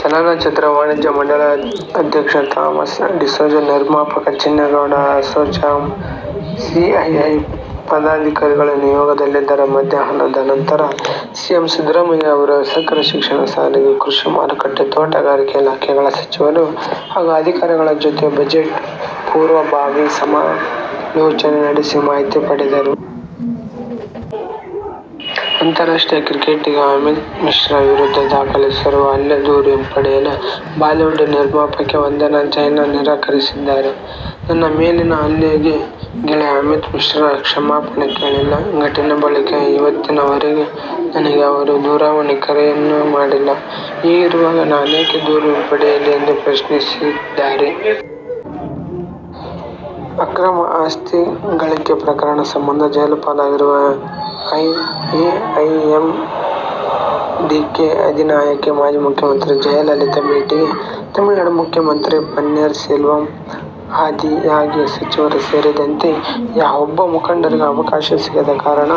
ಚಲನಚಿತ್ರ ವಾಣಿಜ್ಯ ಮಂಡಳಿ ಅಧ್ಯಕ್ಷ ಥಾಮಸ್ ಡಿಸೋಜ, ನಿರ್ಮಾಪಕ ಚಿನ್ನೇಗೌಡ, ಅಸೋಚಾಮ್, ಸಿಐಐ ಪದಾಧಿಕಾರಿಗಳು ನಿಯೋಗದಲ್ಲಿದ್ದರು. ಮಧ್ಯಾಹ್ನದ ನಂತರ ಸಿಎಂ ಸಿದ್ದರಾಮಯ್ಯ ಅವರು ಸಕ್ಕರೆ, ಶಿಕ್ಷಣ, ಸಾರಿಗೆ, ಕೃಷಿ ಮಾರುಕಟ್ಟೆ, ತೋಟಗಾರಿಕೆ ಇಲಾಖೆಗಳ ಸಚಿವರು ಹಾಗೂ ಅಧಿಕಾರಿಗಳ ಜತೆ ಬಜೆಟ್ ಪೂರ್ವಭಾವಿ ಸಮಾಲೋಚನೆ ನಡೆಸಿ ಮಾಹಿತಿ ಪಡೆದರು. ಅಂತಾರಾಷ್ಟ್ರೀಯ ಕ್ರಿಕೆಟಿಗ ಅಮಿತ್ ಮಿಶ್ರಾ ವಿರುದ್ಧ ದಾಖಲಿಸಿರುವ ಹಲ್ಲೆ ದೂರು ಹಿಂಪಡೆಯಲು ಬಾಲಿವುಡ್ ನಿರ್ಮಾಪಕಿ ವಂದನಾ ಜೈನ್ ನಿರಾಕರಿಸಿದ್ದಾರೆ. ನನ್ನ ಮೇಲಿನ ಹಲ್ಲೆಗೆ ಗೆಳೆಯ ಅಮಿತ್ ಮಿಶ್ರಾ ಕ್ಷಮಾಪಣೆ ಕೇಳಿಲ್ಲ. ಘಟನೆ ಬಳಿಕ ಇವತ್ತಿನವರೆಗೆ ನನಗೆ ಅವರು ದೂರವಾಣಿ ಕರೆಯನ್ನೂ ಮಾಡಿಲ್ಲ. ಹೀಗಿರುವಾಗ ನಾನೇಕೆ ದೂರು ಹಿಂಪಡಿಯಲಿ ಎಂದು ಪ್ರಶ್ನಿಸಿದ್ದಾರೆ. ಅಕ್ರಮ ಆಸ್ತಿ ಗಳಿಕೆ ಪ್ರಕರಣ ಸಂಬಂಧ ಜೈಲುಪಾಲಾಗಿರುವ ಎಐಎಎಂಡಿಕೆ ಅಧಿನಾಯಕಿ, ಮಾಜಿ ಮುಖ್ಯಮಂತ್ರಿ ಜಯಲಲಿತಾ ಭೇಟಿಗೆ ತಮಿಳುನಾಡು ಮುಖ್ಯಮಂತ್ರಿ ಪನ್ನೀರ್ ಸೆಲ್ವಂ ಆದಿಯಾಗಿ ಸಚಿವರು ಸೇರಿದಂತೆ ಯಾವೊಬ್ಬ ಮುಖಂಡರಿಗೂ ಅವಕಾಶ ಸಿಗದ ಕಾರಣ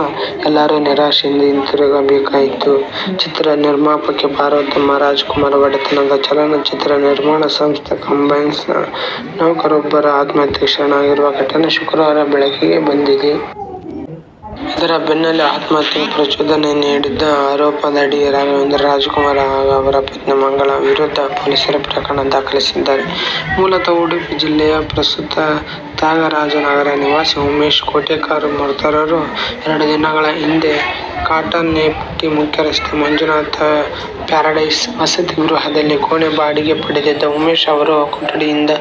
ಎಲ್ಲರೂ ನಿರಾಶೆಯಿಂದ ಹಿಂತಿರುಗಬೇಕಾಯಿತು. ಚಿತ್ರ ನಿರ್ಮಾಪಕಿ ಪಾರ್ವತಮ್ಮ ರಾಜ್ಕುಮಾರ್ ಒಡೆತನದ ಚಲನಚಿತ್ರ ನಿರ್ಮಾಣ ಸಂಸ್ಥೆ ಕಂಬೈನ್ಸ್ನ ನೌಕರರೊಬ್ಬರು ಆತ್ಮಹತ್ಯೆಗೆ ಶರಣಾಗಿರುವ ಘಟನೆ ಶುಕ್ರವಾರ ಬೆಳಕಿಗೆ ಬಂದಿದೆ. ಇದರ ಬೆನ್ನಲ್ಲೇ ಆತ್ಮಹತ್ಯೆಗೆ ಪ್ರಚೋದನೆ ನೀಡಿದ ಆರೋಪದಡಿ ರಾಘವೇಂದ್ರ ರಾಜ್ಕುಮಾರ್ ಹಾಗೂ ಅವರ ಪತ್ನಿ ಮಂಗಳಾ ವಿರುದ್ಧ ಪೊಲೀಸರು ಪ್ರಕರಣ ದಾಖಲಿಸಿದ್ದಾರೆ. ಮೂಲತಃ ಉಡುಪಿ ಜಿಲ್ಲೆಯ, ಪ್ರಸ್ತುತ ತ್ಯಾಗರಾಜನಗರ ನಿವಾಸಿ ಉಮೇಶ್ ಕೋಟೆಕಾರ್ ಮೃತರು. ಎರಡು ದಿನಗಳ ಹಿಂದೆ ಕಾಟನ್ಪೇಟೆ ಮುಖ್ಯರಸ್ತೆಯ ಮಂಜುನಾಥ್ ಪ್ಯಾರಡೈಸ್ ವಸತಿ ಗೃಹದಲ್ಲಿ ಕೋಣೆ ಬಾಡಿಗೆ ಪಡೆದಿದ್ದ ಉಮೇಶ್ ಅವರು, ಕೊಠಡಿಯಿಂದ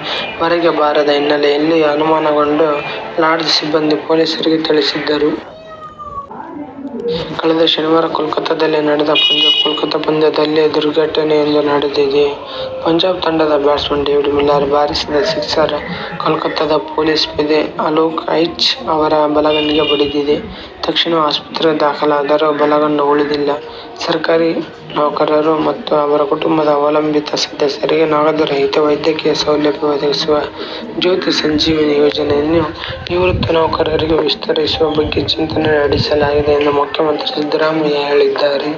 ಹೊರಗೆ ಬಾರದ ಹಿನ್ನೆಲೆಯಲ್ಲಿ ಅನುಮಾನಗೊಂಡು ಲಾಡ್ಜ್ ಸಿಬ್ಬಂದಿ ಪೊಲೀಸರಿಗೆ ತಿಳಿಸಿದ್ದರು. ಕಳೆದ ಶನಿವಾರ ಕೋಲ್ಕತಾದಲ್ಲಿ ನಡೆದ ಪಂಜಾಬ್-ಕೋಲ್ಕತಾ ಪಂದ್ಯದಲ್ಲಿ ದುರ್ಘಟನೆಯೊಂದು ನಡೆದಿದೆ. ಪಂಜಾಬ್ ತಂಡದ ಬ್ಯಾಟ್ಸ್ಮನ್ ಡೇವಿಡ್ ಮಿಲ್ಲರ್ ಬಾರಿಸಿದ ಸಿಕ್ಸರ್ ಕೋಲ್ಕತಾದ ಪೊಲೀಸ್ ಪೇದೆ ಅಲೋಕ್ ಐಚ್ ಅವರ ಬಲಗಣ್ಣಿಗೆ ಬಡಿದಿದೆ. ತಕ್ಷಣವೇ ಆಸ್ಪತ್ರೆಗೆ ದಾಖಲಾದರೂ ಬಲಗಣ್ಣು ಉಳಿದಿಲ್ಲ. ಸರ್ಕಾರಿ ನೌಕರರು ಮತ್ತು ಅವರ ಕುಟುಂಬದ ಅವಲಂಬಿತ ಸದಸ್ಯರಿಗೆ ನಗದು ರಹಿತ ವೈದ್ಯಕೀಯ ಸೌಲಭ್ಯ ಒದಗಿಸುವ "ಜ್ಯೋತಿ ಸಂಜೀವಿನಿ ಯೋಜನೆಯನ್ನು ನಿವೃತ್ತ ನೌಕರರಿಗೂ ವಿಸ್ತರಿಸುವ ಬಗ್ಗೆ ಚಿಂತನೆ ನಡೆಸಲಾಗಿದೆ ಎಂದು ಮುಖ್ಯಮಂತ್ರಿ ಸಿದ್ದರಾಮಯ್ಯ ಹೇಳಿದ್ದಾರೆ.